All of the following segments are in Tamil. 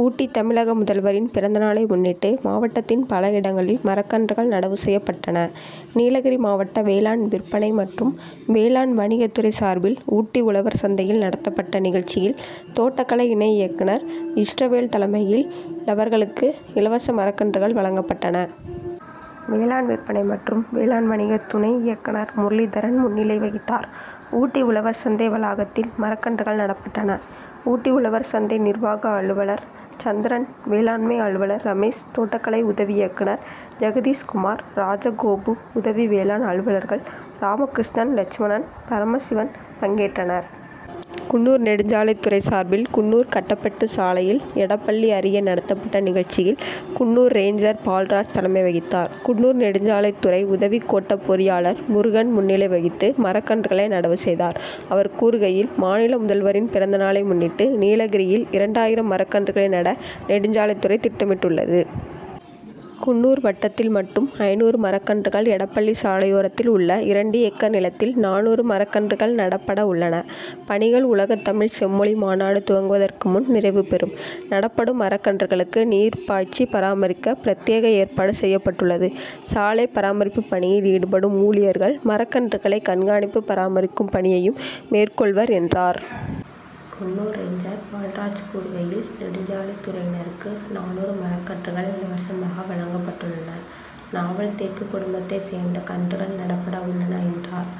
ஊட்டி தமிழக முதல்வரின் பிறந்தநாளை முன்னிட்டு மாவட்டத்தின் பல இடங்களில் மரக்கன்றுகள் நடவு செய்யப்பட்டன. நீலகிரி மாவட்ட வேளாண் விற்பனை மற்றும் வேளாண் வணிகத் துறை சார்பில் ஊட்டி உழவர் சந்தையில் நடத்தப்பட்ட நிகழ்ச்சியில் தோட்டக்கலை இணை இயக்குனர் இஸ்ரவேல் தலைமையில் ழவர்களுக்கு இலவச மரக்கன்றுகள் வழங்கப்பட்டன. வேளாண் விற்பனை மற்றும் வேளாண் வணிக துணை இயக்குனர் முரளிதரன் முன்னிலை வகித்தார். ஊட்டி உழவர் சந்தை வளாகத்தில் மரக்கன்றுகள் நடப்பட்டன. ஊட்டி உழவர் சந்தை நிர்வாக அலுவலர் சந்திரன் வேளாண்மை அலுவலர் ரமேஷ் தோட்டக்கலை உதவி இயக்குனர்கள் ஜெகதீஷ்குமார் ராஜகோபு உதவி வேளாண் அலுவலர்கள் ராமகிருஷ்ணன் லட்சுமணன் பரமசிவன் பங்கேற்றனர். குன்னூர் நெடுஞ்சாலைத் துறை சார்பில் குன்னூர் கட்டபெட்டு சாலையில் எடப்பள்ளி அருகே நடத்தப்பட்ட நிகழ்ச்சியில் குன்னூர் ரேஞ்சர் பால்ராஜ் தலைமை வகித்தார். குன்னூர் நெடுஞ்சாலைத் துறை உதவி கோட்டப் பொறியாளர் முருகன் முன்னிலை வகித்து மரக்கன்றுகளை நடவு செய்தார். அவர் கூறுகையில் மாநில முதல்வரின் பிறந்த நாளை முன்னிட்டு நீலகிரியில் இரண்டாயிரம் மரக்கன்றுகளை நட நெடுஞ்சாலைத் துறை திட்டமிட்டுள்ளது. குன்னூர் வட்டத்தில் மட்டும் ஐந்நூறு மரக்கன்றுகள் எடப்பள்ளி சாலையோரத்தில் உள்ள இரண்டு ஏக்கர் நிலத்தில் நானூறு மரக்கன்றுகள் நடப்பட உள்ளன பணிகள் உலகத் தமிழ் செம்மொழி மாநாடு துவங்குவதற்கு முன் நிறைவு பெறும். நடப்படும் மரக்கன்றுகளுக்கு நீர் பாய்ச்சி பராமரிக்க பிரத்யேக ஏற்பாடு செய்யப்பட்டுள்ளது. சாலைப் பராமரிப்புப் பணியில் ஈடுபடும் ஊழியர்கள் மரக்கன்றுகளை கண்காணித்து பராமரிக்கும் பணியையும் மேற்கொள்வர் என்றார். குன்னூர் ரேஞ்சர் பால்ராஜ் கூறுகையில் நெடுஞ்சாலைத் துறையினருக்கு நானூறு மரக்கன்றுகள் இலவசமாக வழங்கப்பட்டுள்ளன. நாவல் தேக்கு குடும்பத்தை சேர்ந்த கன்றுகள் நடப்பட உள்ளன என்றார்.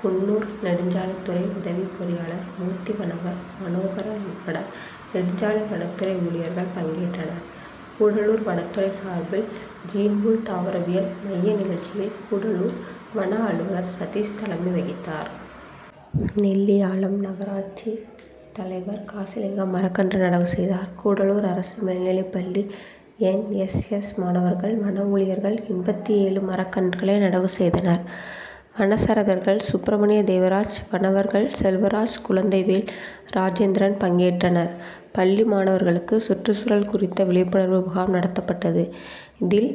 குன்னூர் நெடுஞ்சாலைத் துறை உதவி பொறியாளர் மூர்த்தி வனவர் மனோகரன் உட்பட நெடுஞ்சாலை வனத்துறை ஊழியர்கள் பங்கேற்றனர். கூடலூர் வனத்துறை சார்பில் ஜீன்பூல் தாவரவியல் மைய நிகழ்ச்சியில் கூடலூர் வன அலுவலர் சதீஷ் தலைமை வகித்தார். நெல்லியாளம் நகராட்சி தலைவர் காசிலிங்கம் மரக்கன்று நடவு செய்தார். கூடலூர் அரசு மேல்நிலைப் பள்ளி என். எஸ். எஸ். மாணவர்கள் வன ஊழியர்கள் எண்பத்து ஏழு மரக் கன்றுகளை நடவு செய்தனர். வனச்சரகர்கள் சுப்ரமணி தேவராஜ் வனவர்கள் செல்வராஜ் குழந்தைவேல் ராஜேந்திரன் பங்கேற்றனர். பள்ளி மாணவர்களுக்கு சுற்றுச்சூழல் குறித்த விழிப்புணர்வு முகாம் நடத்தப்பட்டது இதில்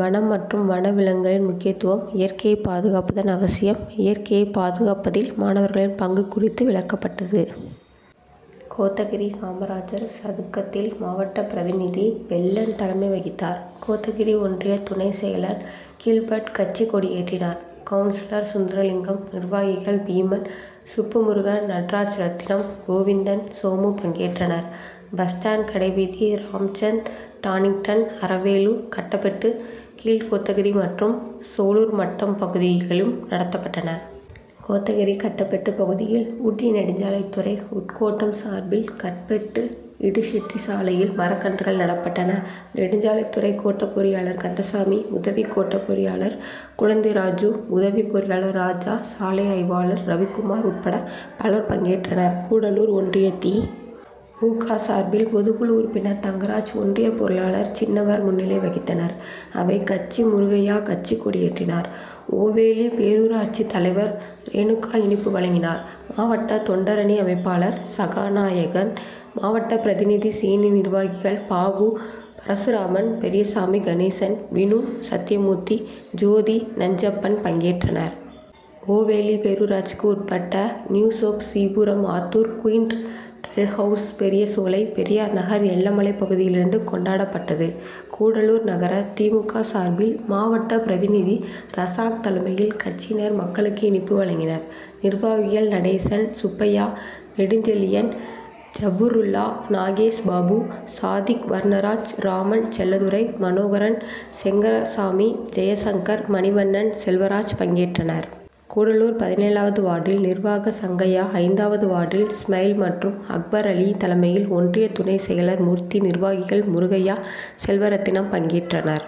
வனம் மற்றும் வன விலங்குகளின் முக்கியத்துவம் இயற்கையை பாதுகாப்பதன் அவசியம் இயற்கையை பாதுகாப்பதில் மாணவர்களின் பங்கு குறித்து விளக்கப்பட்டது. கோத்தகிரி காமராஜர் சதுக்கத்தில் மாவட்ட பிரதிநிதி பெள்ளன் தலைமை வகித்தார். கோத்தகிரி ஒன்றிய துணை செயலர் கில்பர்ட் கட்சிக் கொடியேற்றினார். கவுன்சிலர் சுந்தரலிங்கம் நிர்வாகிகள் பீமன் சுப்பு முருகன் நடராஜ் ரத்தினம் கோவிந்தன் சோமு பங்கேற்றனர். பஸ் ஸ்டாண்ட் கடைவீதி ராம்சந்த் டானிங்டன் அரவேனு கட்டபெட்டு கீழ்கோத்தகிரி மற்றும் சோலூர்மட்டம் பகுதிகளிலும் நடத்தப்பட்டன. கோத்தகிரி கட்டபெட்டு பகுதியில் ஊட்டி நெடுஞ்சாலைத் துறை உட்கோட்டம் சார்பில் கட்பெட்டு இடுஹட்டி சாலையில் மரக்கன்றுகள் நடப்பட்டன. நெடுஞ்சாலைத் துறை கோட்ட பொறியாளர் கந்தசாமி உதவி கோட்டப் பொறியாளர் குழந்தைராஜு உதவி பொறியாளர் ராஜா சாலை ஆய்வாளர் ரவிக்குமார் உட்பட பலர் பங்கேற்றனர். கூடலூர் ஒன்றிய தி. மு. க. சார்பில் பொதுக்குழு உறுப்பினர் தங்கராஜ் ஒன்றிய பொருளாளர் சின்னவர் முன்னிலை வகித்தனர். அவைத் தலைவர் முருகையா கட்சிக் கொடியேற்றினார். ஓவேலி பேரூராட்சி தலைவர் ரேணுகா இனிப்பு வழங்கினார். மாவட்ட தொண்டரணி அமைப்பாளர் சகாயநாதன் மாவட்ட பிரதிநிதி சீனி நிர்வாகிகள் பாபு பரசுராமன் பெரியசாமி கணேசன் வினு சத்யமூர்த்தி ஜோதி நஞ்சப்பன் பங்கேற்றனர். ஓவேலி பேரூராட்சிக்கு உட்பட்ட நியூஹோப் சீபுரம் ஆத்தூர் குயிண்ட் டெல்ஹவுஸ் பெரியசோலை பெரியார் நகர் எல்லமலை பகுதிகளிலும் கொண்டாடப்பட்டது. கூடலூர் நகர தி. மு. க. சார்பில் மாவட்ட பிரதிநிதி ரசாக் தலைமையில் கட்சியினர் மக்களுக்கு இனிப்பு வழங்கினர். நிர்வாகிகள் நடேசன் சுப்பையா நெடுஞ்செழியன் ஜபருல்லா நாகேஷ் பாபு சாதிக் வர்ணராஜ் ராமன் செல்லதுரை மனோகரன் செங்கரசாமி ஜெயசங்கர் மணிவண்ணன் செல்வராஜ் பங்கேற்றனர். கூடலூர் பதினேழாவது வார்டில் நிர்வாக சங்கையா ஐந்தாவது வார்டில் ஸ்மைல் மற்றும் அக்பர் அலி தலைமையில் ஒன்றிய துணை செயலர் மூர்த்தி நிர்வாகிகள் முருகையா செல்வரத்தினம் பங்கேற்றனர்.